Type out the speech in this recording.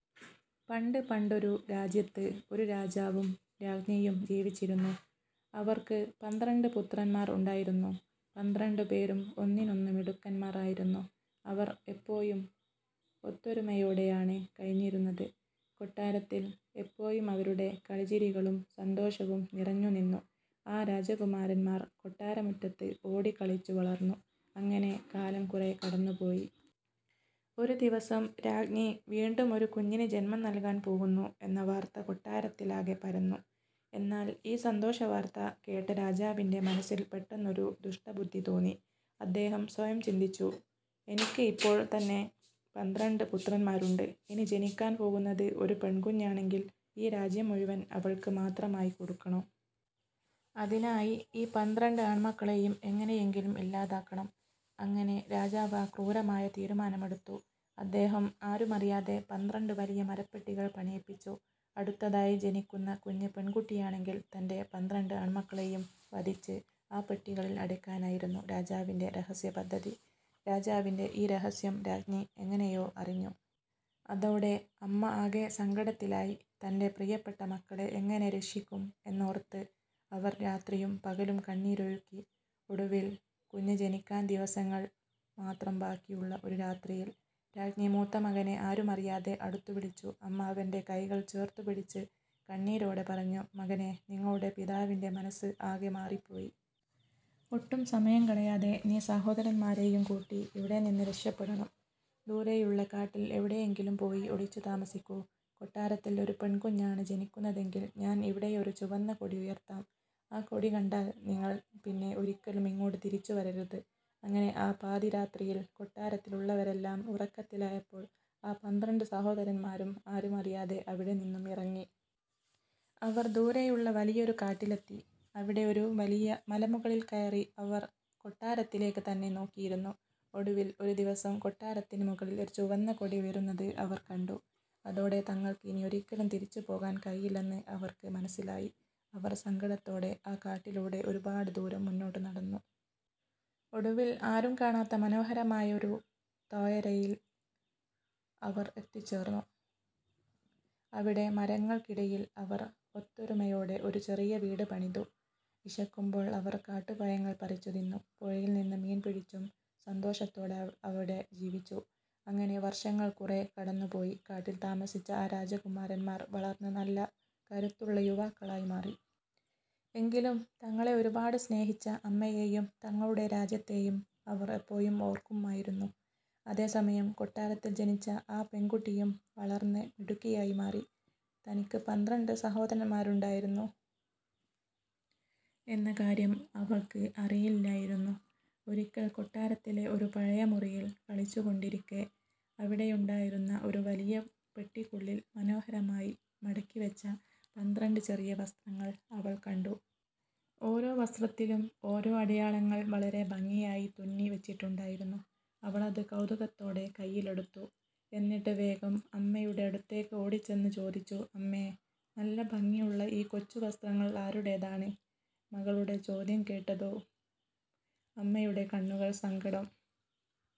പണ്ട് പണ്ടൊരു രാജ്യത്ത് ഒരു രാജാവും രാജ്ഞിയും ജീവിച്ചിരുന്നു. അവർക്ക് പന്ത്രണ്ട് പുത്രന്മാർ ഉണ്ടായിരുന്നു. പന്ത്രണ്ടുപേരും ഒന്നിനൊന്ന് മിടുക്കന്മാർ ആയിരുന്നു. അവർ എപ്പോഴും ഒത്തൊരുമയോടെയാണ് കഴിഞ്ഞിരുന്നത്. കൊട്ടാരത്തിൽ എപ്പോഴും അവരുടെ കളിചിരികളും സന്തോഷവും നിറഞ്ഞുനിന്നു. ആ രാജകുമാരന്മാർ കൊട്ടാരമുറ്റത്ത് ഓടിക്കളിച്ചു വളർന്നു. അങ്ങനെ കാലം കുറേ കടന്നുപോയി. ഒരു ദിവസം, രാജ്ഞി വീണ്ടും ഒരു കുഞ്ഞിന് ജന്മം നൽകാൻ പോകുന്നു എന്ന വാർത്ത കൊട്ടാരത്തിലാകെ പരന്നു. എന്നാൽ, ഈ സന്തോഷവാർത്ത കേട്ട രാജാവിന്റെ മനസ്സിൽ പെട്ടെന്നൊരു ദുഷ്ടബുദ്ധി തോന്നി. അദ്ദേഹം സ്വയം ചിന്തിച്ചു: "എനിക്ക് ഇപ്പോൾ തന്നെ പന്ത്രണ്ട് പുത്രന്മാരുണ്ട്. ഇനി ജനിക്കാൻ പോകുന്നത് ഒരു പെൺകുഞ്ഞാണെങ്കിൽ, ഈ രാജ്യം മുഴുവൻ അവൾക്ക് മാത്രമായി കൊടുക്കണം. അതിനായി ഈ പന്ത്രണ്ട് ആൺമക്കളെയും എങ്ങനെയെങ്കിലും ഇല്ലാതാക്കണം! " അങ്ങനെ രാജാവ് ആ ക്രൂരമായ തീരുമാനമെടുത്തു. അദ്ദേഹം ആരുമറിയാതെ പന്ത്രണ്ട് വലിയ മരപ്പെട്ടികൾ പണിയിപ്പിച്ചു. അടുത്തതായി ജനിക്കുന്ന കുഞ്ഞ് പെൺകുട്ടിയാണെങ്കിൽ, തന്റെ പന്ത്രണ്ട് ആൺമക്കളെയും വധിച്ച് ആ പെട്ടികളിൽ അടയ്ക്കാനായിരുന്നു രാജാവിന്റെ രഹസ്യ പദ്ധതി. രാജാവിന്റെ ഈ രഹസ്യം രാജ്ഞി എങ്ങനെയോ അറിഞ്ഞു. അതോടെ അമ്മ ആകെ സങ്കടത്തിലായി. തന്റെ പ്രിയപ്പെട്ട മക്കളെ എങ്ങനെ രക്ഷിക്കും എന്നോർത്ത് അവർ രാത്രിയും പകലും കണ്ണീരൊഴുക്കി. ഒടുവിൽ, കുഞ്ഞ് ജനിക്കാൻ ദിവസങ്ങൾ മാത്രം ബാക്കിയുള്ള ഒരു രാത്രിയിൽ, രാജ്ഞി മൂത്തമകനെ ആരുമറിയാതെ അടുത്തു വിളിച്ചു. അമ്മ അവന്റെ കൈകൾ ചേർത്തുപിടിച്ച് കണ്ണീരോടെ പറഞ്ഞു: "മകനേ, നിങ്ങളുടെ പിതാവിന്റെ മനസ്സ് ആകെ മാറിപ്പോയി. ഒട്ടും സമയം കളയാതെ നീ സഹോദരന്മാരെയും കൂട്ടി ഇവിടെനിന്ന് രക്ഷപ്പെടണം! ദൂരെയുള്ള കാട്ടിൽ എവിടെയെങ്കിലും പോയി ഒളിച്ചു താമസിക്കൂ. കൊട്ടാരത്തിൽ ഒരു പെൺകുഞ്ഞാണ് ജനിക്കുന്നതെങ്കിൽ ഞാൻ ഇവിടെയൊരു ചുവന്ന കൊടി ഉയർത്താം. ആ കൊടി കണ്ടാൽ നിങ്ങൾ പിന്നെ ഒരിക്കലും ഇങ്ങോട്ട് തിരിച്ചു വരരുത്! " അങ്ങനെ ആ പാതിരാത്രിയിൽ, കൊട്ടാരത്തിലുള്ളവരെല്ലാം ഉറക്കത്തിലായപ്പോൾ ആ പന്ത്രണ്ട് സഹോദരന്മാരും ആരുമറിയാതെ അവിടെനിന്നും ഇറങ്ങി. അവർ ദൂരെയുള്ള വലിയൊരു കാട്ടിലെത്തി. അവിടെ ഒരു വലിയ മലമുകളിൽ കയറി അവർ കൊട്ടാരത്തിലേക്ക് തന്നെ നോക്കിയിരുന്നു. ഒടുവിൽ ഒരു ദിവസം, കൊട്ടാരത്തിന് മുകളിൽ ആ ചുവന്ന കൊടി ഉയരുന്നത് അവർ കണ്ടു! അതോടെ തങ്ങൾക്ക് ഇനി ഒരിക്കലും തിരിച്ചുപോകാൻ കഴിയില്ലെന്ന് അവർക്ക് മനസ്സിലായി. അവർ സങ്കടത്തോടെ ആ കാട്ടിലൂടെ ഒരുപാട് ദൂരം മുന്നോട്ട് നടന്നു. ഒടുവിൽ ആരും കാണാത്ത, മനോഹരമായ ഒരു താഴ്വരയിൽ അവർ എത്തിച്ചേർന്നു. അവിടെ മരങ്ങൾക്കിടയിൽ അവർ ഒത്തൊരുമയോടെ ഒരു ചെറിയ വീട് പണിതു. വിശക്കുമ്പോൾ അവർ കാട്ടുപഴങ്ങൾ പറിച്ചു തിന്നും, പുഴയിൽ നിന്ന് മീൻ പിടിച്ചും സന്തോഷത്തോടെ അവിടെ ജീവിച്ചു. അങ്ങനെ വർഷങ്ങൾ കുറേ കടന്നുപോയി. കാട്ടിൽ താമസിച്ച ആ രാജകുമാരന്മാർ വളർന്ന് നല്ല കരുത്തുള്ള യുവാക്കളായി മാറി. എങ്കിലും തങ്ങളെ ഒരുപാട് സ്നേഹിച്ച അമ്മയെയും തങ്ങളുടെ രാജ്യത്തെയും അവർ എപ്പോഴും ഓർക്കുമായിരുന്നു. അതേസമയം, കൊട്ടാരത്തിൽ ജനിച്ച ആ പെൺകുട്ടിയും വളർന്ന് മിടുക്കിയായി മാറി. തനിക്ക് പന്ത്രണ്ട് സഹോദരന്മാരുണ്ടായിരുന്നു എന്ന കാര്യം അവൾക്ക് അറിയില്ലായിരുന്നു. ഒരിക്കൽ കൊട്ടാരത്തിലെ ഒരു പഴയ മുറിയിൽ കളിച്ചുകൊണ്ടിരിക്കെ, അവിടെയുണ്ടായിരുന്ന ഒരു വലിയ പെട്ടിക്കുള്ളിൽ മനോഹരമായി മടക്കിവച്ച പന്ത്രണ്ട് ചെറിയ വസ്ത്രങ്ങൾ അവൾ കണ്ടു! ഓരോ വസ്ത്രത്തിലും ഓരോ അടയാളങ്ങൾ വളരെ ഭംഗിയായി തുന്നി വച്ചിട്ടുണ്ടായിരുന്നു. അവളത് കൗതുകത്തോടെ കൈയിലെടുത്തു. എന്നിട്ട് വേഗം അമ്മയുടെ അടുത്തേക്ക് ഓടിച്ചെന്ന് ചോദിച്ചു: "അമ്മേ, നല്ല ഭംഗിയുള്ള ഈ കൊച്ചു വസ്ത്രങ്ങൾ ആരുടേതാണ്? " മകളുടെ ചോദ്യം കേട്ടതും അമ്മയുടെ കണ്ണുകൾ സങ്കടം